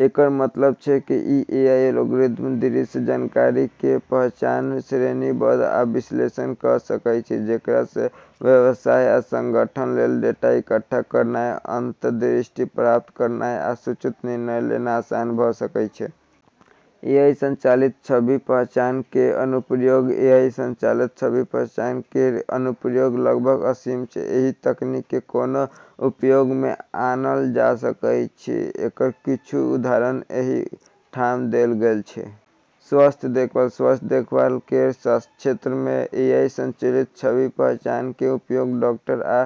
एकर मतलब छै कि एआई एल्गोरिदम दृश्य जानकारी केर पहचान, श्रेणीबद्ध आ विश्लेषण कऽ सकै छै, जेकरा सँ व्यवसाय आ संगठन लेल डेटा इकट्ठा करनाय, अंतर्दृष्टि प्राप्त करनाय आ सूचित निर्णय लेनाय आसान भऽ सकै छै। एआई संचालित छवि पहचान केर अनुप्रयोग एआई संचालित छवि पहचान केर अनुप्रयोग लगभग असीम छै। एहि तकनीक केँ कोना उपयोग मे आनल जा सकैत अछि एकर किछु उदाहरण एहि ठाम देल गेल अछि। स्वास्थ्य देखभाल: स्वास्थ्य देखभाल केर क्षेत्र मे एआई संचालित छवि पहचान केर उपयोग डॉक्टर आ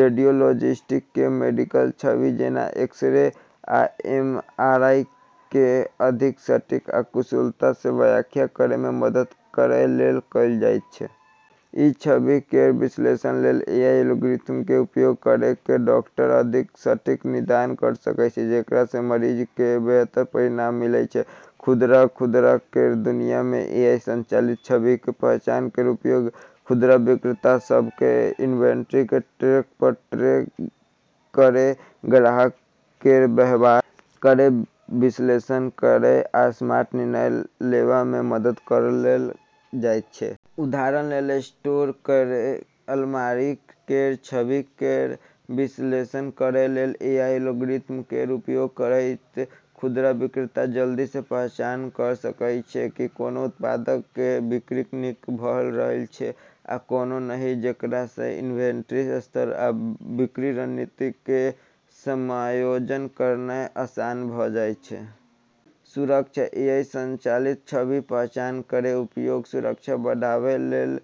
रेडियोलॉजिस्ट केँ मेडिकल छवि, जेना एक्स-रे आ एमआरआई केर अधिक सटीक आ कुशलता सँ व्याख्या करै मे मदद करै लेल कएल जाइत छै। ई छवि केर विश्लेषण लेल एआई एल्गोरिदम केँ उपयोग करी कऽ डॉक्टर अधिक सटीक निदान करी सकै छै, जेकरा सँ मरीज केर बेहतर परिणाम मिलै छै। खुदरा: खुदरा केर दुनिया मे एआई संचालित छवि पहचान केर उपयोग खुदरा विक्रेता सभ केँ इन्वेंट्री केँ ट्रैक करै, ग्राहक केर व्यवहार केर विश्लेषण करै आ स्मार्ट निर्णय लेवा मे मदद करै लेल कएल जाइत छै। उदाहरण लेल स्टोर केर अलमारियक केर छवि केर विश्लेषण करै लेल एआई एल्गोरिदम केर उपयोग करैत खुदरा विक्रेता जल्दी सँ पहचान कऽ सकै छै की कोनो उत्पादक केर बिक्री नीक भऽ रहल छै आ कोनो नहि, जेकरा सँ इन्वेंट्री स्तर आ बिक्री रणनीति केर समायोजन करनाय आसान भऽ जाइत छै। सुरक्षा: एआई संचालित छवि पहचान केर उपयोग सुरक्षा बढ़ावैल लेल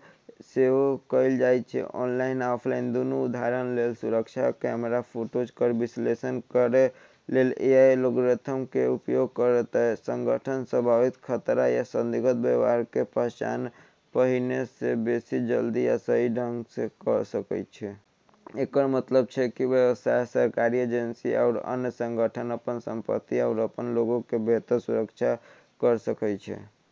सेहो कएल जाइत छै, ऑनलाइन आ ऑफलाइन दूनू। उदाहरण लेल सुरक्षा कैमरा फुटेज केर विश्लेषण करै लेल एआई एल्गोरिदम केर उपयोग करैत, संगठन संभावित खतरा या संदिग्ध व्यवहार केर पहचान पहिने सँ बेसि जल्दी आ सही ढंग सँ कऽ सकै छै। एकर मतलब छै कि व्यवसाय, सरकारी एजेंसी, आरू अन्य संगठन अपन संपत्ति आरू अपन लोग केर बेहतर सुरक्षा करी सकै छै।